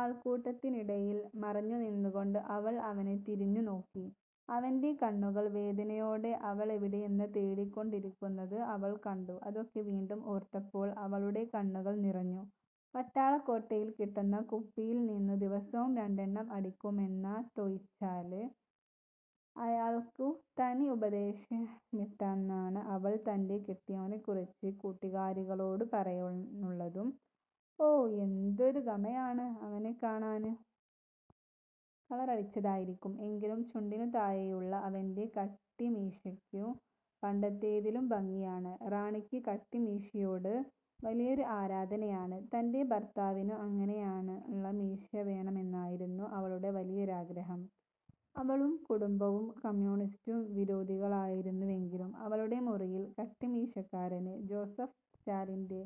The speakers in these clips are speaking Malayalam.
ആള്ക്കൂട്ടത്തിനിടയില് മറഞ്ഞുനിന്നുകൊണ്ട് അവള് അവനെ തിരിഞ്ഞു നോക്കി. അവന്റെ കണ്ണുകള് വേദനയോടെ അവളെവിടെയെന്നു തേടിക്കൊണ്ടിരുന്നതു അവള് കണ്ടു. അതൊക്കെ വീണ്ടും ഓര്ത്തപ്പോള് അവളുടെ കണ്ണുകള് നിറഞ്ഞു. പട്ടാള ക്വോട്ടയില് കിട്ടുന്ന കുപ്പിയില്നിന്നും ദിവസവും രണ്ടെണ്ണം അടിക്കുമെന്നതൊഴിച്ചാല്, അയാള്ക്കു തനി ഉപദേശിമട്ടെന്നാണ് അവള് തന്റെ കെട്ടിയോനെകുറിച്ച് കൂട്ടുകാരികളോട് പറയാനുള്ളതും 'ഓ എന്തൊരു ഗമയാണ് അവനെക്കാണാന്. കളറടിച്ചതായിരിക്കും എങ്കിലും ചുണ്ടിനു താഴെയുള്ള അവന്റെ കട്ടിമീശക്കു പണ്ടത്തേതിലും ഭംഗിയാണ്. ' റാണിക്ക് കട്ടിമീശയോടു വലിയ ആരാധനയാണ്. തന്റെ ഭര്ത്താവിനു അങ്ങനെയുള്ള മീശവേണമെന്നതായിരുന്നു അവളുടെ വലിയൊരാഗ്രഹം. അവളും കുടുംബവും കമ്മ്യൂണിസ്റ്റു വിരോധികളായിരുന്നുവെങ്കിലും അവളുടെ മുറിയില് കട്ടിമീശക്കാരന് ജോസഫ് സ്റ്റാലിന്റെ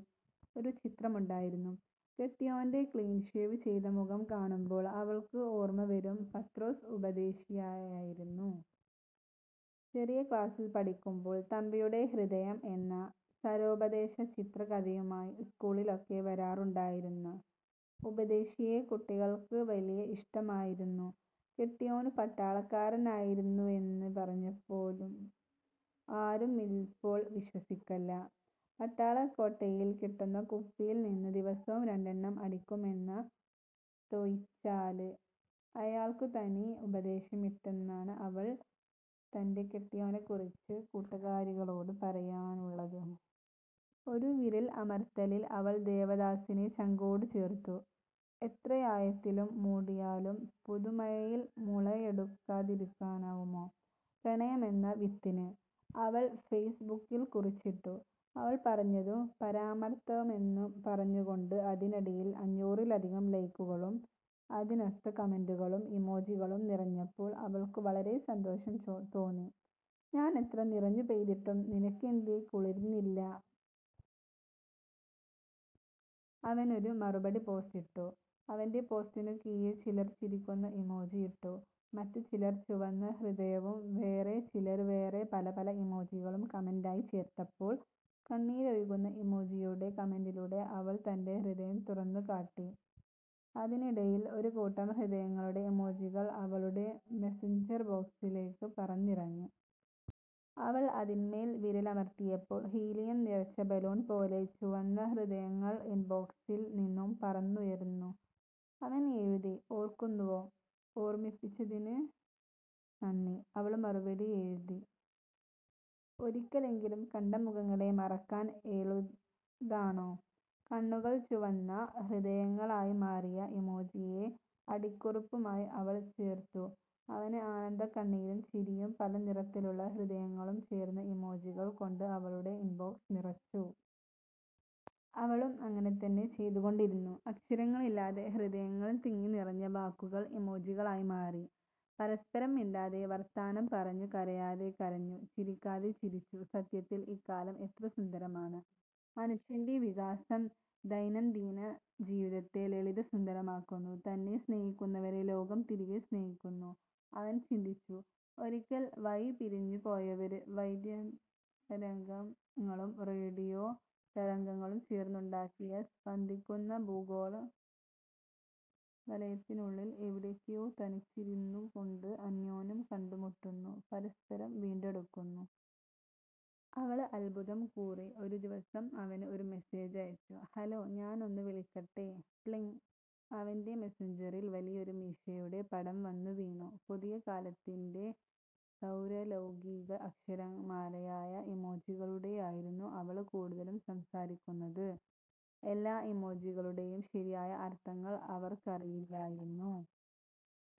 ഒരു ചിത്രമുണ്ടായിരുന്നു. കെട്ടിയോന്റെ ക്ലീന്ഷേവ് ചെയ്ത മുഖം കാണുമ്പോള് അവള്ക്കു ഓര്മ്മവരും പത്രോസ് ഉപദേശിയെയായിരുന്നു. ചെറിയ ക്ലാസ്സില് പഠിക്കുമ്പോള് 'തമ്പിയുടെ ഹൃദയം' എന്ന സാരോപദേശ ചിത്രകഥയുമായി സ്കൂളിലൊക്കെ വരാറുണ്ടായിരുന്ന ഉപദേശിയെ കുട്ടികള്ക്ക് വലിയ ഇഷ്ട്ടമായിരുന്നു. കെട്ടിയോന് പട്ടാളക്കാരനായിരുന്നുവെന്നു പറഞ്ഞാല്പോലും ആരുമിപ്പോള് വിശ്വസിക്കില്ല. പട്ടാള ക്വോട്ടയില് കിട്ടുന്ന കുപ്പിയില്നിന്നും ദിവസവും രണ്ടെണ്ണം അടിക്കുമെന്നതൊഴിച്ചാല്, അയാള്ക്കു തനി ഉപദേശിമട്ടെന്നാണ് അവള് തന്റെ കെട്ടിയോനെകുറിച്ച് കൂട്ടുകാരികളോട് പറയാനുള്ളതും. ഒരു വിരല് അമര്ത്തലില് അവള് ദേവദാസിനെ ചങ്കോടുചേര്ത്തു. 'എത്രയാഴത്തില് മൂടിയാലും പുതുമഴയില് മുളയെടുക്കാതിരിക്കാനാവുമോ പ്രണയമെന്ന വിത്തിന്' അവള് ഫേസ് ബുക്കില് കുറിച്ചിട്ടു. അവള് പറഞ്ഞതു പരമാര്ത്ഥമെന്നു പറഞ്ഞുകൊണ്ട് അതിനടിയിലായി അഞ്ഞൂറിലധികം ലൈക്കുകളും അതിനൊത്ത കമന്റുകളും ഇമോജികളും നിറഞ്ഞപ്പോള് അവള്ക്കു വളരെ സന്തോഷം തോന്നി. 'ഞാനെത്ര നിറഞ്ഞുപെയ്തിട്ടും നിനക്കെന്തേ കുളിര്ന്നില്ല? ' അവനൊരു മറുപടി പോസ്റ്റിട്ടു. അവന്റെ പോസ്റ്റിനു കീഴെ ചിലര് ചിരിക്കുന്ന ഇമോജിയിട്ടു. മറ്റുചിലര് ചുവന്ന ഹൃദയവും വേറെചിലര് വേറെ പലപല ഇമോജികളും കമന്റായി ചേര്ത്തപ്പോള് കണ്ണീരൊഴുക്കുന്ന ഇമോജിയുടെ കമന്റിലൂടെ അവള് തന്റെ ഹൃദയം തുറന്നു കാട്ടി. അതിനിടയില് ഒരുകൂട്ടം ഹൃദയങ്ങളുടെ ഇമോജികള് അവളുടെ മെസഞ്ചര് ബോക്സില് പറന്നിറങ്ങി. അവള് അതിന്മേല് വിരലമര്ത്തിയപ്പോള് ഹീലിയം നിറച്ച ബലൂണ്പോലെ ചുവന്ന ഹൃദയങ്ങള് ഇന്ബോക്സില് നിന്നും പറന്നുയര്ന്നു. അവന് എഴുതി 'ഓര്ക്കുന്നുവോ!. ഓര്മ്മിച്ചതിനു നന്ദി' അവള് മറുപടിയെഴുതി; 'ഒരിക്കലെങ്കിലും കണ്ട മുഖങ്ങളെ മറക്കാന് എളുതാണോ? ' കണ്ണുകള് ചുവന്ന ഹൃദയങ്ങളായിമാറിയ ഇമോജിയെ അടിക്കുറിപ്പായി അവള് ചേര്ത്തു. അവന് ആനന്ദക്കണ്ണീരും ചിരിയും പലനിറത്തിലുള്ള ഹൃദയങ്ങളും ചേര്ന്ന ഇമോജികള് കൊണ്ട് അവളുടെ ഇന്ബോക്സ് നിറച്ചു. അവളും അങ്ങനെ തന്നെ ചെയ്തുകൊണ്ടിരുന്നു. അക്ഷരങ്ങളില്ലാതെ ഹൃദയങ്ങളില് തിങ്ങിനിറഞ്ഞ വാക്കുകള് ഇമോജികളായിമാറി പരസ്പരം മിണ്ടാതെ വര്ത്താനംപറഞ്ഞു, കരയാതെ കരഞ്ഞു. ചിരിക്കാതെ ചിരിച്ചു. 'സത്യത്തില് ഇക്കാലം എത്രസുന്ദരമാണ്. മനുഷ്യന്റെ വികാസം ദൈനംദിനജീവിതത്തെ ലളിതസുന്ദരമാക്കുന്നു. തന്നെ സ്നേഹിക്കുന്നവരെ ലോകം തിരികെ സ്നേഹിക്കുന്നു. ' അവന് ചിന്തിച്ചു. 'ഒരിക്കല് വഴിപിരിഞ്ഞുപോയവര് വൈദ്യതതരംഗങ്ങളും റേഡിയോ തരംഗങ്ങളും ചേര്ന്നുണ്ടാക്കിയ സ്പന്ദിക്കുന്ന ഭൂഗോളവലയത്തിനുള്ളില് എവിടെയൊക്കയോ തനിച്ചിരുന്നുകൊണ്ട് അന്യോന്യം കണ്ടുമുട്ടുന്നു, പരസ്പരം വീണ്ടെടുക്കുന്നു!. ' അവള് അത്ഭുതംകൂറി. ഒരു ദിവസം അവന് ഒരു മെസ്സേജ് അയച്ചു. 'ഹലോ ഞാനൊന്നു വിളിക്കട്ടെ? ' 'പ്ലിംഗ്' അവന്റെ മെസഞ്ചറില് വലിയൊരു മീശയുടെ പടം വന്നു വീണു. പുതിയ കാലത്തിന്റെ സാര്വലൌകീക അക്ഷരമാലയായ ഇമോജികളിലൂടെയായിരുന്നു അവള് കൂടുതലും സംസാരിച്ചിരുന്നത്. എല്ലാ ഇമോജികളുടെയും ശരിയായ അര്ത്ഥങ്ങള് അവര്ക്കറിയില്ലായിരുന്നു.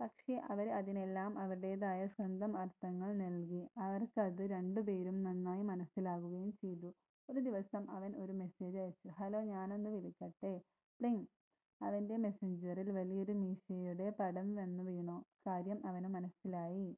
പക്ഷേ അവര്, അതിനെല്ലാം അവരുടേതായ സ്വന്തം അര്ത്ഥങ്ങള് നല്കി. അതവര്ക്കു രണ്ടുപേര്ക്കും നന്നായി മനസ്സിലാവുകയും ചെയ്തു. ഒരു ദിവസം അവന് ഒരു മെസ്സേജ് അയച്ചു. 'ഹലോ ഞാനൊന്നു വിളിക്കട്ടെ? ' 'പ്ലിംഗ്' അവന്റെ മെസഞ്ചറില് വലിയൊരു മീശയുടെ പടം വന്നു വീണു. കാര്യം അവനും മനസ്സിലായി.